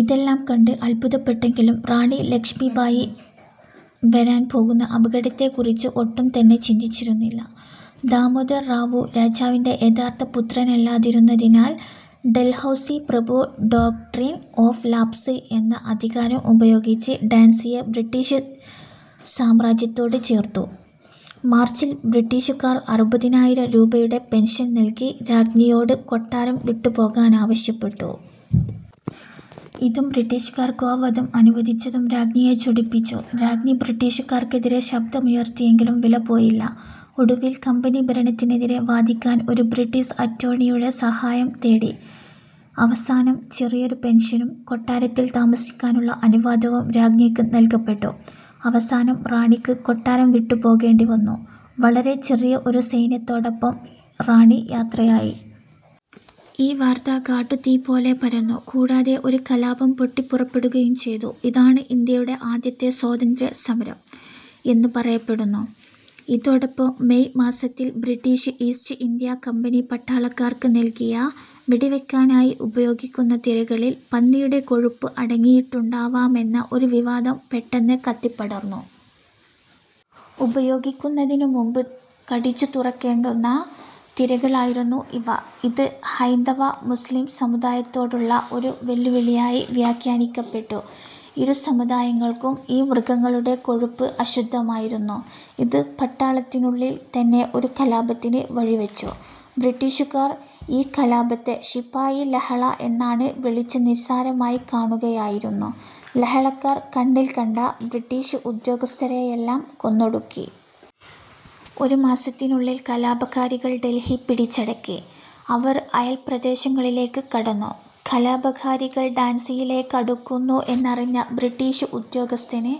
ഇതെല്ലാം കണ്ട് അത്ഭുതപ്പെട്ടെങ്കിലും റാണീ ലക്ഷ്മീബായി വരാൻ പോകുന്ന അപകടത്തെക്കുറിച്ച് ഒട്ടും തന്നെ ചിന്തിച്ചിരുന്നില്ല. ദാമോദർ റാവു രാജാവിന്റെ യഥാർത്ഥ പുത്രനല്ലാതിരുന്നതിനാൽ ഡൽഹൗസി പ്രഭു ഡോക്ട്രിൻ ഓഫ് ലാപ്സ് എന്ന അധികാരം ഉപയോഗിച്ച് ഝാൻസിയെ ബ്രിട്ടീഷ് സാമ്രാജ്യത്തോട് ചേർത്തു. മാർച്ചിൽ ബ്രിട്ടീഷുകാർ അറുപതിനായിരം രൂപയുടെ പെൻഷൻ നൽകി രാജ്ഞിയോട് കൊട്ടാരം വിട്ടുപോകാനാവശ്യപ്പെട്ടു. ഇതും ബ്രിട്ടീഷുകാർ ഗോവധം അനുവദിച്ചതും രാജ്ഞിയെ ചൊടിപ്പിച്ചു. രാജ്ഞി ബ്രിട്ടീഷുകാർക്കെതിരെ ശബ്ദമുയർത്തിയെങ്കിലും വിലപ്പോയില്ല. ഒടുവിൽ കമ്പനിഭരണത്തിനെതിരെ വാദിക്കാൻ ഒരു ബ്രിട്ടീസ് അറ്റോർണിയുടെ സഹായം തേടി. അവസാനം ചെറിയൊരു പെൻഷനും കൊട്ടാരത്തിൽ താമസിക്കാനുള്ള അനുവാദവും രാജ്ഞിക്ക് നൽകപ്പെട്ടു. അവസാനം റാണിക്ക് കൊട്ടാരം വിട്ടു പോകേണ്ടി വന്നു. വളരെ ചെറിയ ഒരു സൈന്യത്തോടൊപ്പം റാണി യാത്രയായി. ഈ വാർത്ത കാട്ടു തീപോലെ പരന്നു, കൂടാതെ ഒരു കലാപം പൊട്ടിപ്പുറപ്പെടുകയും ചെയ്തു. ഇതാണ് ഇന്ത്യയുടെ ആദ്യത്തെ സ്വാതന്ത്ര്യ സമരം എന്ന് പറയപ്പെടുന്നു. ഇതോടൊപ്പം മെയ് മാസത്തിൽ ബ്രിട്ടീഷ് ഈസ്റ്റ് ഇന്ത്യ കമ്പനി പട്ടാളക്കാർക്ക് നൽകിയ വെടിവെക്കാനായി ഉപയോഗിക്കുന്ന തിരകളിൽ പന്നിയുടെ കൊഴുപ്പ് അടങ്ങിയിട്ടുണ്ടാവാമെന്ന ഒരു വിവാദം പെട്ടെന്ന് കത്തിപ്പടർന്നു. ഉപയോഗിക്കുന്നതിനു മുമ്പ് കടിച്ചു തുറക്കേണ്ടുന്ന തിരകളായിരുന്നു ഇവ. ഇത് ഹൈന്ദവ, മുസ്ലീം സമുദായത്തോടുള്ള ഒരു വെല്ലുവിളിയായി വ്യാഖ്യാനിക്കപ്പെട്ടു. ഇരു സമുദായങ്ങൾക്കും ഈ മൃഗങ്ങളുടെ കൊഴുപ്പ് അശുദ്ധമായിരുന്നു. ഇത് പട്ടാളത്തിനുള്ളിൽ തന്നെ ഒരു കലാപത്തിനു വഴിവെച്ചു. ബ്രിട്ടീഷുകാർ ഈ കലാപത്തെ ശിപായിലഹള എന്നാണ് വിളിച്ച് നിസ്സാരമായികാണുകയായിരുന്നു. ലഹളക്കാർ കണ്ണിൽകണ്ട ബ്രിട്ടീഷ് ഉദ്യോഗസ്ഥരേയെല്ലാം കൊന്നൊടുക്കി. ഒരു മാസത്തിനുള്ളിൽ കലാപകാരികൾ ഡെൽഹി പിടിച്ചടക്കി. അവർ അയൽപ്രദേശങ്ങളിലേക്ക് കടന്നു. കലാപകാരികൾ ഝാൻസിയിലേക്കടുക്കുന്നു എന്നറിഞ്ഞ ബ്രിട്ടീഷ് ഉദ്യോഗസ്ഥന്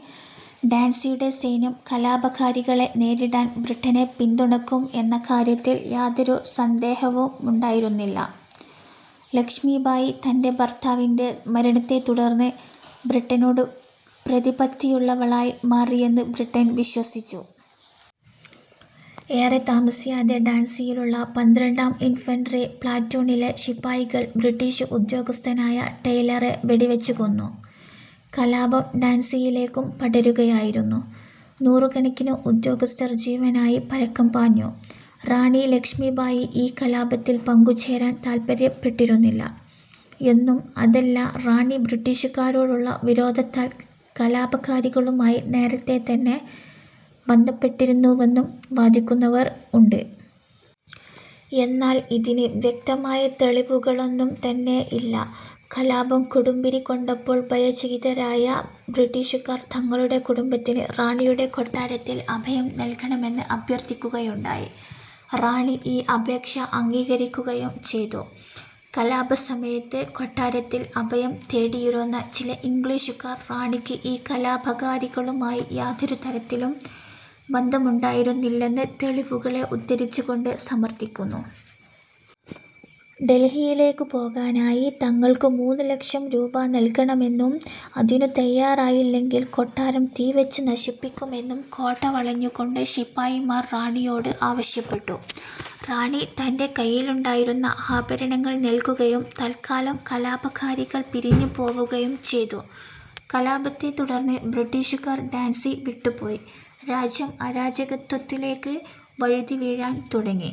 ഝാൻസിയുടെ സൈന്യം കലാപകാരികളെ നേരിടാൻ ബ്രിട്ടനെ പിന്തുണക്കും എന്ന കാര്യത്തിൽ യാതൊരു സന്ദേഹവുമുണ്ടായിരുന്നില്ല. ലക്ഷ്മീബായി തന്റെ ഭർത്താവിന്റെ മരണത്തെ തുടർന്ന് ബ്രിട്ടനോട് പ്രതിപത്തിയുള്ളവളായി മാറിയെന്ന് ബ്രിട്ടൻ വിശ്വസിച്ചു. ഏറെ താമസിയാതെ ഝാൻസിയിലുള്ള പന്ത്രണ്ടാം ഇൻഫൻട്രി പ്ലാറ്റൂണിലെ ശിപായികൾ ബ്രിട്ടീഷ് ഉദ്യോഗസ്ഥനായ ടെയ്ലറെ വെടിവെച്ചു കൊന്നു. കലാപം ഝാൻസിയിലേക്കും പടരുകയായിരുന്നു. നൂറുകണക്കിനു ഉദ്യോഗസ്ഥർ ജീവനായി പരക്കം പാഞ്ഞു. റാണി ലക്ഷ്മീബായി ഈ കലാപത്തിൽ പങ്കുചേരാൻ താൽപര്യപ്പെട്ടിരുന്നില്ല എന്നും അതല്ല റാണി ബ്രിട്ടീഷുകാരോടുള്ള വിരോധത്താൽ കലാപകാരികളുമായി നേരത്തേ തന്നെ ബന്ധപ്പെട്ടിരുന്നുവെന്നും വാദിക്കുന്നവർ ഉണ്ട്. എന്നാൽ ഇതിന് വ്യക്തമായ തെളിവുകളൊന്നും തന്നെയില്ല. കലാപം കൊടുമ്പിരിക്കൊണ്ടപ്പോൾ ഭയചകിതരായ ബ്രിട്ടീഷുകാർ തങ്ങളുടെ കുടുംബത്തിന് റാണിയുടെ കൊട്ടാരത്തിൽ അഭയം നൽകണമെന്ന് അഭ്യർത്ഥിക്കുകയുണ്ടായി. റാണി ഈ അപേക്ഷ അംഗീകരിക്കുകയും ചെയ്തു. കലാപസമയത്ത് കൊട്ടാരത്തിൽ അഭയം തേടിയിരുന്ന ചില ഇംഗ്ലീഷുകാർ റാണിക്ക് ഈ കലാപകാരികളുമായി യാതൊരു തരത്തിലും ബന്ധമുണ്ടായിരുന്നില്ലെന്ന് തെളിവുകളെ ഉദ്ധരിച്ചുകൊണ്ട് സമർത്ഥിക്കുന്നു. ഡെൽഹിയിലേക്കു പോകാനായി തങ്ങൾക്ക് മൂന്നു ലക്ഷം രൂപ നൽകണമെന്നും അതിനു തയ്യാറായില്ലെങ്കിൽ കൊട്ടാരം തീവെച്ചു നശിപ്പിക്കുമെന്നും കോട്ട വളഞ്ഞുകൊണ്ട് ശിപായിമാർ റാണിയോട് ആവശ്യപ്പെട്ടു. റാണി തന്റെ കയ്യിലുണ്ടായിരുന്ന ആഭരണങ്ങൾ നൽകുകയും തൽക്കാലം കലാപകാരികൾ പിരിഞ്ഞുപോവുകയും ചെയ്തു. കലാപത്തെതുടർന്ന് ബ്രിട്ടീഷുകാർ ഝാൻസി വിട്ടുപോയി, രാജ്യം അരാജകത്വത്തിലേക്കു വഴുതിവീഴാൻ തുടങ്ങി.